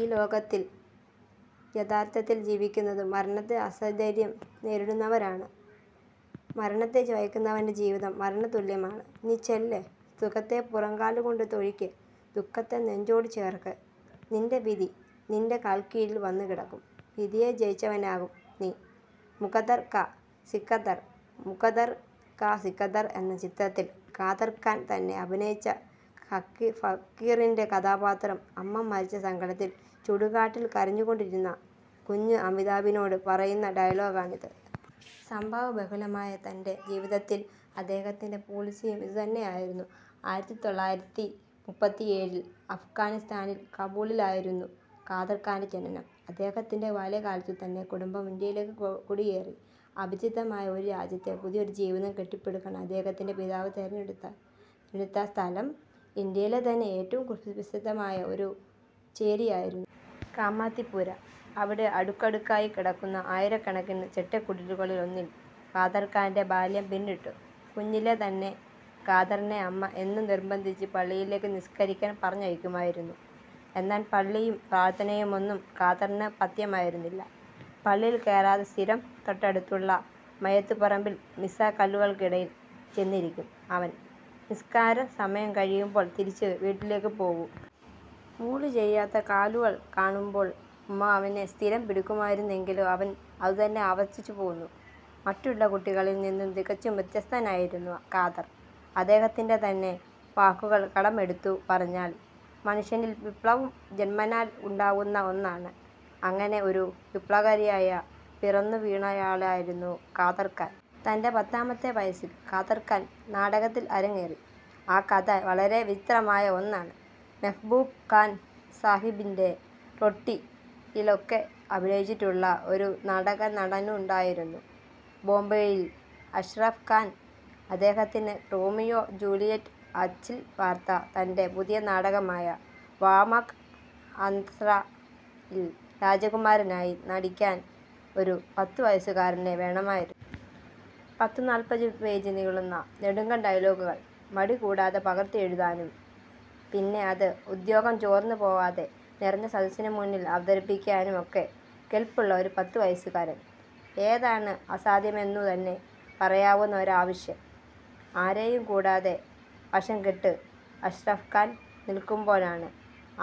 ഈ ലോകത്തില്‍ യഥാര്‍ത്ഥത്തിൽ ജീവിക്കുന്നത് മരണത്തെ സധൈര്യം നേരിടുന്നവരാണ്. മരണത്തെ ഭയക്കുന്നവന്റെ ജീവിതം മരണതുല്യമാണ്. നീ ചെല്ല് സുഖത്തെ പുറംകാലുകൊണ്ട് തൊഴിക്ക്. ദു:ഖത്തെ നെഞ്ചോട് ചേര്‍ക്ക് നിന്‍റെ വിധി നിന്‍റെ കാൽ കീഴിൽ വന്നുകിടക്കും വിധിയെ ജയിച്ചവനാവും നീ മുകദ്ദർ കാ സിക്കന്ദർ ' മുകദ്ദർ കാ സികന്ദർ എന്ന ചിത്രത്തില്‍ കാദർ ഖാൻ തന്നെ അഭിനയിച്ച ഫക്കീറിന്റെ കഥാപാത്രം അമ്മ മരിച്ച സങ്കടത്തില്‍ ചുടുകാട്ടിൽ കരഞ്ഞുകൊണ്ടിരുന്ന കുഞ്ഞ് അമിതാഭിനോട് പറയുന്ന ഡയലോഗാണിത്. സംഭവ ബഹുലമായ തന്‍റെ ജീവിതത്തില്‍ അദ്ദേഹത്തിന്‍റെ പോളിസിയും ഇതുതന്നെയായിരുന്നു. ആയിരത്തിത്തൊള്ളായിരത്തിമൂപ്പത്തിഏഴിൽ അഫ്ഗാനിസ്ഥാനില്‍ കാബൂളിലായിരുന്നു കാദർ ഖാന്‍റെ ജനനം. അദ്ദേഹത്തിന്‍റെ ബാല്യകാലത്തുതന്നെ കുടുംബം ഇന്ത്യയിലേക്ക് കുടിയേറി. അപരിചിതമായ ഒരു രാജ്യത്ത് പുതിയൊരു ജീവിതം കെട്ടിപ്പടുക്കാന്‍ അദ്ദേഹത്തിന്‍റെ പിതാവ് തിരഞ്ഞെടുത്ത സ്ഥലം, ഇന്ത്യയിലെ തന്നെ ഏറ്റവും കുപ്രസിദ്ധമായ ഒരു ചേരിയായിരുന്നു. കാമാത്തിപുര. അവിടെ അടുക്കടുക്കായി കിടക്കുന്ന ആയിരക്കണക്കിന് ചെറ്റക്കുടിലുകളിലൊന്നിൽ കാദര്ഖാന്റെ ബാല്യം പിന്നിട്ടു. കുഞ്ഞിലേ തന്നെ, കാദറിനെ അമ്മ എന്നും നിർബന്ധിച്ച് പള്ളിയിലേക്ക് നിസ്കരിക്കാൻ പറഞ്ഞയക്കുമായിരുന്നു. എന്നാൽ പള്ളിയും പ്രാർത്ഥനയുമൊന്നും കാദറിന് പഥ്യമായിരുന്നില്ല. പള്ളിയിൽ കേറാതെ സ്ഥിരം തൊട്ടടുത്തുള്ള മയ്യത്തുപറമ്പിൽ മീസാങ്കല്ലുകൾക്കിടയിൽ ചെന്നിരിക്കും അവൻ. നിസ്കാര സമയം കഴിയുമ്പോൾ തിരിച്ചു വീട്ടിലേക്കു പോവും. വുളു ചെയ്യാത്ത കാലുകൾ കാണുമ്പൊൾ ഉമ്മ അവനെ സ്ഥിരം പിടിക്കുമായിരുന്നെങ്കിലും അവൻ അതുതന്നെ ആവർത്തിച്ചുപോന്നു. മറ്റുള്ള കുട്ടികളിൽ നിന്നും തികച്ചും വ്യത്യസ്തനായിരുന്നു കാദർ. അദ്ദേഹത്തിന്‍റെ തന്നെ വാക്കുകൾ കടമെടുത്തു പറഞ്ഞാൽ, ' മനുഷ്യനിൽ വിപ്ലവം ജന്മനാൽ ഉണ്ടാവുന്ന ഒന്നാണ്. അങ്ങനെ ഒരു വിപ്ലവകാരിയായ പിറന്നുവീണയാളായിരുന്നു കാദർ ഖാൻ. തന്‍റെ പത്താമത്തെ വയസ്സിൽ കാദർ ഖാൻ നാടകത്തിൽ അരങ്ങേറി. ആ കഥ വളരെ വിചിത്രമായ ഒന്നാണ് '. മെഹ്ബൂബ് ഖാൻ സാഹിബിന്‍റെ ' റോട്ടി'യിലൊക്കെ അഭിനയിച്ചിട്ടുള്ള ഒരു നാടകനടനുണ്ടായിരുന്നു ബോംബെയിൽ, അഷ്റഫ് ഖാൻ. അദ്ദേഹത്തിന് റോമിയോ ജൂലിയറ്റ് അച്ചിൽ വാർത്ത തന്‍റെ പുതിയ നാടകമായ ' വാമക് അസ്ര'യിൽ രാജകുമാരനായി നടിക്കാൻ ഒരു പത്തുവയസുകാരനെ വേണമായിരുന്നു. പത്തുനാല്പതു പേജ് നീളുന്ന നെടുങ്കൻ ഡയലോഗുകൾ മടി കൂടാതെ പകർത്തിയെഴുതാനും, പിന്നെ അത് ഉദ്വേഗം ചോർന്നുപോവാതെ നിറഞ്ഞ സദസ്സിനുമുന്നിൽ അവതരിപ്പിക്കാനും ഒക്കെ കെല്പുള്ള ഒരു പത്തുവയസ്സുകാരൻ. ഏതാണ് അസാധ്യമെന്നുതന്നെ പറയാവുന്ന ഒരാവശ്യം. ആരെയും കുടാതെ വശംകെട്ട് അഷ്റഫ് ഖാൻ നിൽക്കുമ്പോഴാണ്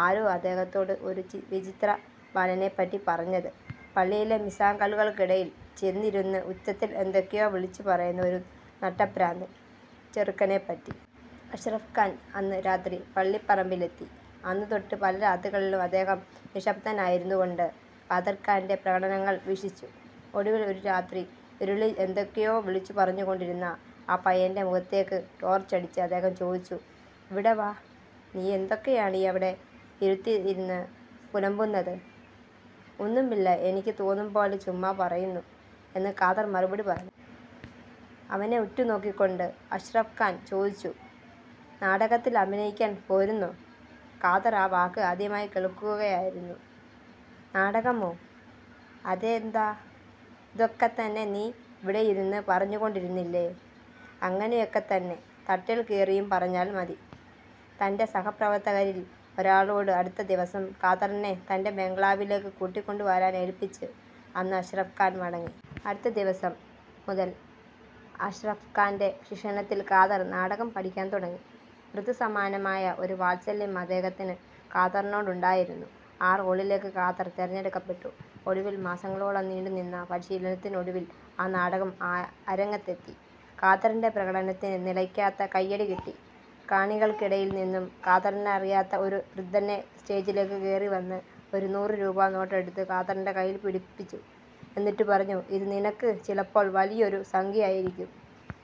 ആരോ അദ്ദേഹത്തോട് ഒരു വിചിത്ര ബാലനെപ്പറ്റി പറഞ്ഞത്, പള്ളിയിലെ മീസാങ്കല്ലുകൾക്കിടയിൽ ചെന്നിരുന്ന് ഉച്ചത്തിൽ എന്തൊക്കെയോ വിളിച്ചു പറയുന്ന ഒരു നട്ടപ്രാന്തൻ ചെറുക്കനെപ്പറ്റി. അഷ്റഫ് ഖാൻ അന്ന് രാത്രി പള്ളിപ്പറമ്പിലെത്തി. അന്നുതൊട്ട് പല രാത്രികളിലും അദ്ദേഹം നിശ്ശബ്ദനായിരുന്നുകൊണ്ട് കാദര്ഖാന്റെ പ്രകടനങ്ങള് വീക്ഷിച്ചു. ഒടുവില്‍ ഒരു രാത്രി ഇരുളില്‍ എന്തൊക്കെയോ വിളിച്ചുപറഞ്ഞുകൊണ്ടിരുന്ന ആ പയ്യന്‍റെ മുഖത്തേക്ക് ടോര്‍ച്ചടിച്ച് അദ്ദേഹം ചോദിച്ചു, ' ഇവിടെ വാ നീയെന്തൊക്കെയാണ് അവിടെ ഇരുട്ടത്തിരുന്ന് പുലമ്പുന്നത്? ' ഒന്നുമില്ല എനിക്ക് തോന്നുംപോലെ ചുമ്മാ പറയുന്നു ' എന്ന് കാദർ മറുപടി പറഞ്ഞു. അവനെ ഉറ്റുനോക്കിക്കൊണ്ട് അഷ്റഫ് ഖാൻ ചോദിച്ചു, ' നാടകത്തില്‍ അഭിനയിക്കാന്‍ പോരുന്നോ? ' കാദർ ആ വാക്ക് ആദ്യമായി കേള്‍ക്കുകയായിരുന്നു. ' നാടകമോ? അതെന്താ? '' ഇതൊക്കെത്തന്നെ നീ ഇവിടെയിരുന്ന് പറഞ്ഞുകൊണ്ടിരുന്നില്ലേ, അങ്ങനെയൊക്കെത്തന്നെ തട്ടേൽക്കേറിയും പറഞ്ഞാല്‍ മതി. ' തന്‍റെ സഹപ്രവര്‍ത്തകരില്‍ ഒരാളോട് അടുത്ത ദിവസം കാദറിനെ തന്‍റെ ബംഗ്ലാവിലേക്ക് കൂട്ടിക്കൊണ്ടുവരാനേല്പ്പിച്ച് അന്ന് അഷ്റഫ് ഖാൻ മടങ്ങി. അടുത്ത ദിവസം മുതല്‍ അഷ്റഫ് ഖാന്‍റെ ശിക്ഷണത്തില്‍ കാദർ നാടകം പഠിക്കാന്‍ തുടങ്ങി. പിതൃസമാനമായ ഒരു വാത്സല്യം അദ്ദേഹത്തിന് കാദറിനോടുണ്ടായിരുന്നു. ആ റോളിലേക്ക് കാദർ തെരഞ്ഞെടുക്കപ്പെട്ടു. ഒടുവില്‍ മാസങ്ങളോളം നീണ്ടുനിന്ന പരിശീലനത്തിനൊടുവിൽ ആ നാടകം ആദ്യമായി അരങ്ങത്തെത്തി. കാദറിന്റെ പ്രകടനത്തിന് നിലയ്ക്കാത്ത കയ്യടി കിട്ടി. കാണികള്‍ക്കിടയില്‍ നിന്നും കാദറിനറിയാത്ത ഒരു വൃദ്ധന് സ്റ്റേജിലേക്ക് കേറി വന്ന് ഒരു നൂറു രൂപാ നോട്ടെടുത്ത് കാദറിന്റെ കയ്യില്‍ പിടിപ്പിച്ചു. എന്നിട്ടുപറഞ്ഞു, ' ഇത് നിനക്ക് ചിലപ്പോള്‍ വലിയൊരു സംഖ്യയായിരിക്കും.